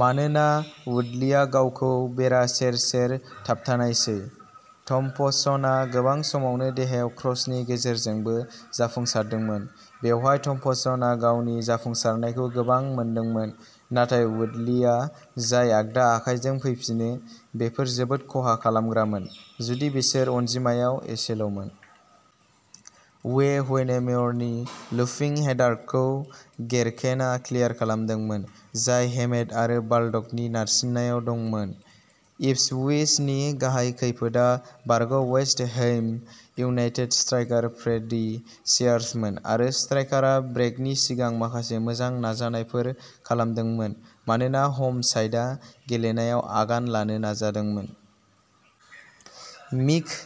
मानोना वुडलीया गावखौ बेरा सेर-सेर थाबथानायसै, थम्पसनआ गोबां समावनो देहायाव क्रसनि गेजेरजोंबो जाफुंसारदोंमोन। बेवहाय थम्पसनआ गावनि जाफुंसारनायखौ गोबां मोनदोंमोन, नाथाय वुडलीआ जाय आगदा आखाइजों फैफिनो, बेफोर जोबोद खहा खालामग्रामोन, जुदिबो बिसोर अनजिमायाव एसेल'मोन। उवे हुएनेमेयरनि लुपिं हेडारखौ गेरकेनआ क्लियार खालामदोंमोन, जाय हेमेड आरो बाल्डकनि नारसिननायाव दंमोन। इप्सविचनि गाहाय खैफोदआ बारग'वेस्ट हैम इउनाइटेड स्ट्राइकार फ्रेडी सियार्समोन, आरो स्ट्राइकारआ ब्रेकनि सिगां माखासे मोजां नाजानायफोर खालामदोंमोन मानोना ह'म साइडआ गेलेनायाव आगान लानो नाजादोंमोन। मिक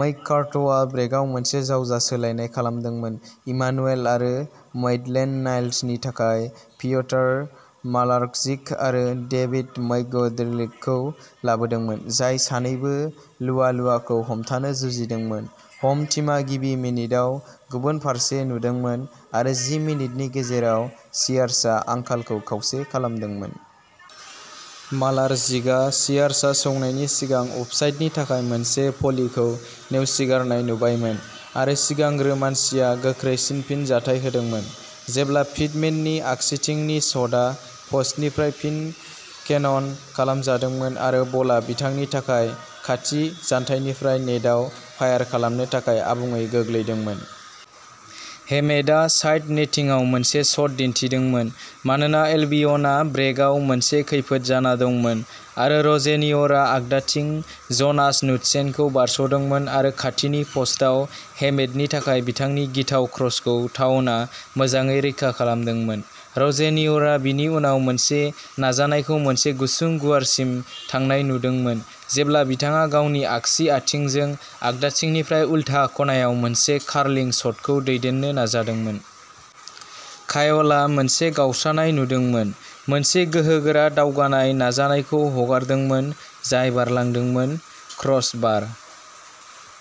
मैककार्थिआ ब्रेकआव मोनसे जावजा सोलायनाय खालामदोंमोन, इमानुएल आरो मैटलेन्ड-नाइल्सनि थाखाय पिय'टर मालार्कजिक आरो डेविड मैकग'ल्ड्रिकखौ लाबोदोंमोन, जाय सानैबो लुआलुआखौ हमथानो जुजिदोंमोन। ह'म टीमआ गिबि मिनिटआव गुबुन फारसे नुदोंमोन-आरो जि मिनिटनि गेजेराव सियार्सआ आंखालखौ खावसे खालामदोंमोन। मालारजिकआ सियार्सआ सौनायनि सिगां अफसाइडनि थाखाय मोनसे भलिखौ नेवसिगारनाय नुबायमोन, आरो सिगांग्रो मानसिया गोख्रैसिन फिनजाथाय होदोंमोन जेब्ला पिटमेननि आगसिथिंनि शटआ प'स्टनिफ्राय फिन केनन खालामजादोंमोन, आरो बलआ बिथांनि थाखाय खाथि जानथायनिफ्राय नेटआव फायार खालामनो थाखाय आबुङै गोग्लैदोंमोन। हेमेडआ साइड नेटिंआव मोनसे शट दिन्थिदोंमोन, मानोना एल्बियनआ ब्रेकआव मोनसे खैफोद जाना दंमोन; आरो र'जेनिय'रआ आगदाथिं ज'नास नुडसेनखौ बारस'दोंमोन आरो खाथिनि प'स्टआव हेमेडनि थाखाय बिथांनि गिथाव क्रसखौ टाउनआ मोजाङै रैखा खालामदोंमोन। र'जेनिय'रआ बिनि उनाव मोनसे नाजानायखौ मोनसे गुसुं गुवारसिम थांनाय नुदोंमोन जेब्ला बिथाङा गावनि आगसि आथिंजों आगदाथिंनिफ्राय उलथा खनायाव मोनसे कार्लिं शटखौ दैदेननो नाजादोंमोन। कायलआ मोनसे गावस्रानाय नुदोंमोन, मोनसे गोहोगोरा, दावगानाय नाजानायखौ हगारदोंमोन जाय बारलांदोंमोन। क्रस बार।